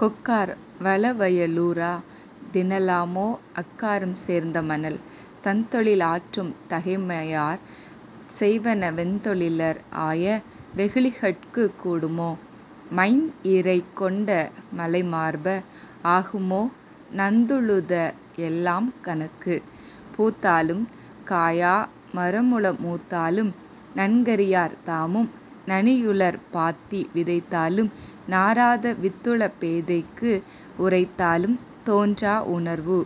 கொக்கார் வளவய லூரா! 'தினலாமோ அக்காரம் சேர்ந்த மணல்'. தந்தொழில் ஆற்றும் தகைமையார் செய்வன வெந்தொழிலர் ஆய வெகுளிகட்குக் கூடுமோ? மைந்இறை கொண்ட மலைமார்ப! 'ஆகுமோ நந்துழுத எல்லாம் கணக்கு? '. பூத்தாலும் காயா மரமுள மூத்தாலும் நன்கறியார் தாமும் நனியுளர் பாத்தி விதைத்தாலும் நாறாத வித்துள பேதைக்கு 'உரைத்தாலும் தோன்றா உணர்வு'.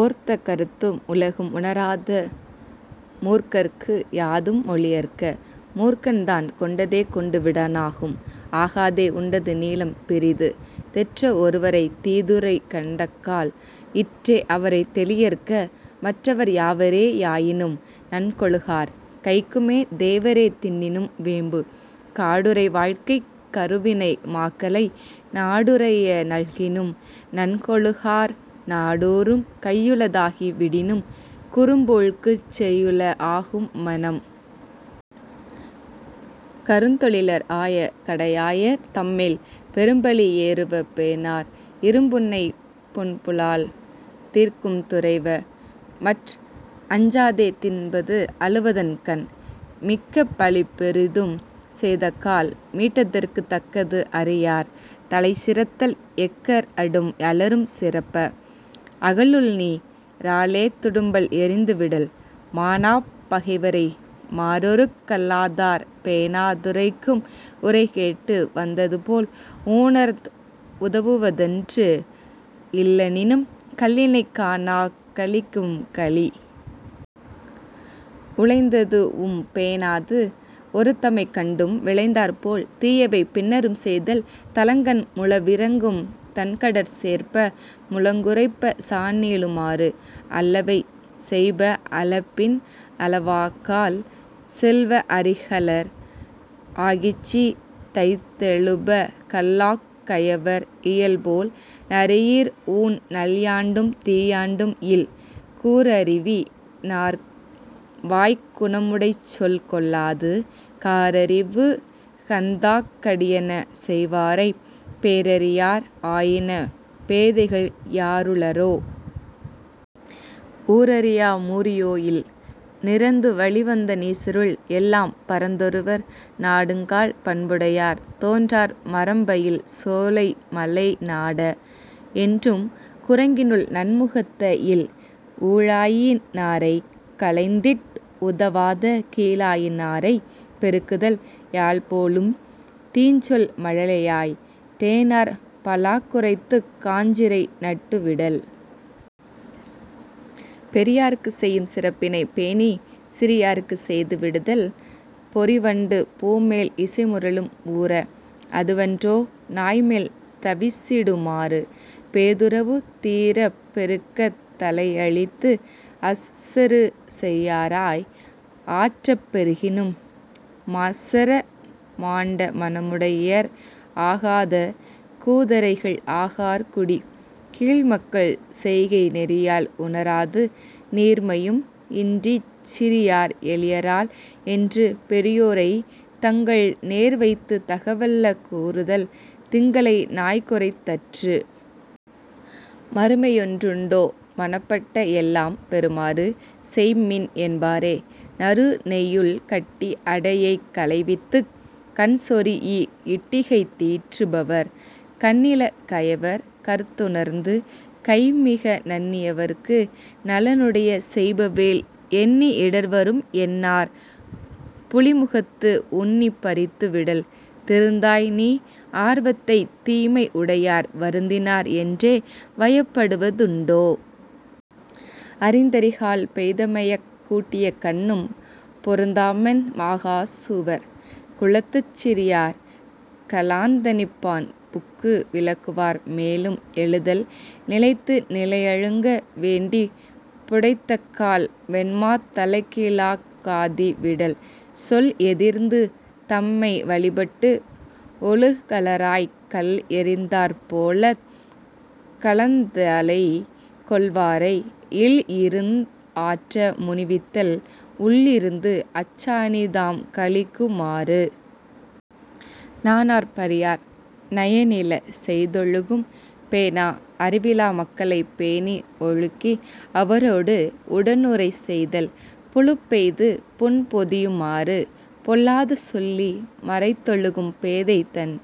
ஓர்த்த கருத்தும் உலகும் உணராத மூர்க்கர்க்கு யாதும் மொழியற்க! மூர்க்கன்தான் கொண்டதே கொண்டு விடானாகும் 'ஆகாதே உண்டது நீலம் பிறிது'. தெற்ற ஒருவரைத் தீதுரை கண்டக்கால் இற்றே அவரைத் தெளியற்க மற்றவர் யாவரே யாயினும் நன்கொழுகார் 'கைக்குமே தேவரே தின்னினும் வேம்பு'. காடுறை வாழ்க்கைக் கருவினை மாக்களை நாடுறைய நல்கினும் நன்கொழுகார் நாடொறும் கையுள தாகி விடினும் 'குறும்பூழ்க்குச் செய்யுள ஆகும் மனம்'. கருந்தொழிலர் ஆய கடையாயர் தம்மேல் பெரும்பழி யேறுவ பேணார் இரும்புன்னை புன்புலால் தீர்க்கும் துறைவ! மற் 'அஞ்சாதே தின்பது அழுவதன் கண்'. மிக்க பழிபெரிதும் செய்தக்கால் மீட்டதற்குத் தக்கது அறியார் தலைசிறத்தல் எக்கர் அடும்அலரும் செரப்ப! 'அகலுள்நீ ராலே துடும்பல் எறிந்து விடல்'. மாணாப் பகைவரை மாறொறுக் கல்லாதார் பேணா துரைக்கும் உரைகேட்டு வந்ததுபோல் ஊணர்ந் உதவுவதொன்று இல்லெனினும் 'கள்ளினைக் காணாக் களிக்கும் களி'. உழந்ததூஉம் பேணாது ஒறுத்தமை கண்டும் விழைந்தார்போல் தீயவை பின்னரும் செய்தல் தழங்கண் முழவிரங்கும் தண்கடற் சேர்ப்ப! 'முழங்குறைப்ப சாண்நீளு மாறு'. அல்லவை செய்ப அலப்பின் அலவாக்கால் செல்வ அறிகலர் ஆகிச்சி தைத்தெழுப கல்லாக் கயவர் இயல்போல் 'நரியிற் ஊண் நல்யாண்டும் தீயாண்டும் இல்'. கூரறிவி னார்வாய்க் குணமுடைச்சொல் கொள்ளாது காரறிவு கந்தாக் கடியன செய்வாரைப் பேரறியார் ஆயின பேதைகள் யாருளரோ? 'ஊரறியா மூரியோ இல்'. நிரந்து வழிவந்த நீசருள் எல்லாம் பரந்தொருவர் நாடுங்கால் பண்புடையார் தோன்றார் மரம்பயில் சோலை மலைநாட! என்றும் 'குரங்கினுள் நன்முகத்த இல்'. ஊழாயி னாரைக் களைந்திட் உதவாத கீழாயி னாரைப் பெருக்குதல் யாழ்போலும் தீஞ்சொல் மழலையாய்! தேனார் 'பலாக்குறைத்துக் காஞ்சிரை நட்டு விடல்'. பெரியார்க்குச் செய்யும் சிறப்பினைப் பேணிச் சிறியார்க்குச் செய்து விடுதல் பொறிவண்டு பூமேல் இசைமுரலும் ஊர! அதுவன்றோ 'நாய்மேல் தவிசிடு மாறு'. பேதுறவு தீரப் பெருக்கத் தலையளித்து அசறு செய்யாராய் ஆற்றப் பெருகினும் மாசற மாண்ட மனமுடையர் ஆகாத 'கூதறைகள் ஆகார் குடி. '. கீழ்மக்கள் செய்கை நெறியால் உணராது நீர்மையும் இன்றிச் சிறியார் எளியரால் என்று பெரியோரைத் தங்கள்நேர் வைத்துத் தகவல்ல கூறுதல் 'திங்களை நாய்குரைத் தற்று'. மறுமையொன் றுண்டோ மனப்பட்ட எல்லாம் பெறுமாறு செய்ம்மின் என்பாரே- நறுநெய்யுள் கட்டி அடையைக் களைவித்துக் 'கண்சொரீஇ இட்டிகை தீற்று பவர்'. கண்ணில கயவர் கருத்துணர்ந்து கைமிக நண்ணி யவர்க்கு நலனுடைய செய்பவேல் எண்ணி இடர்வரும் என்னார் 'புலிமுகத்து உண்ணி பறித்து விடல்'. திருந்தாய்நீ ஆர்வத்தைத் தீமை உடையார் வருந்தினார் என்றே வயப்படுவ துண்டோ? அரிந்தரிகால் பெய்தமையக் கூட்டியக் கண்ணும் 'பொருந்தாமண் ஆகா சுவர்'. குலத்துச் சிறியார் கலாந்தணிப்பான் புக்கு விலக்குவார் மேலும் எழுதல் நிலத்து நிலையழுங்க வேண்டிப் புடைத்தக்கால் 'வெண்மாத் தலைக்கீழாக் காதி விடல்'. சொல்எதிர்ந்து தம்மை வழிபட்டு ஒழுகலராய்க் கல்எறிந்தாற் போலத் கலந்தலைக் கொள்வாரை இல்இருந் ஆற்ற முனிவித்தல் 'உள்ளிருந்து அச்சாணி தாம்கழிக்கு மாறு'. நாணார் பரியார் நயனில செய்தொழுகும் பேணா அறிவிலா மக்களைப் பேணி ஒழுக்கி அவரோடு உடனுறை செய்தல் 'புழுப்பெய்து புண்பொதியு மாறு'. பொல்லாத சொல்லி மறைத்தொழுகும் பேதைதன்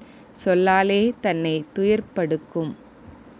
சொல்லாலே தன்னைத் துயர்ப்படுக்கும்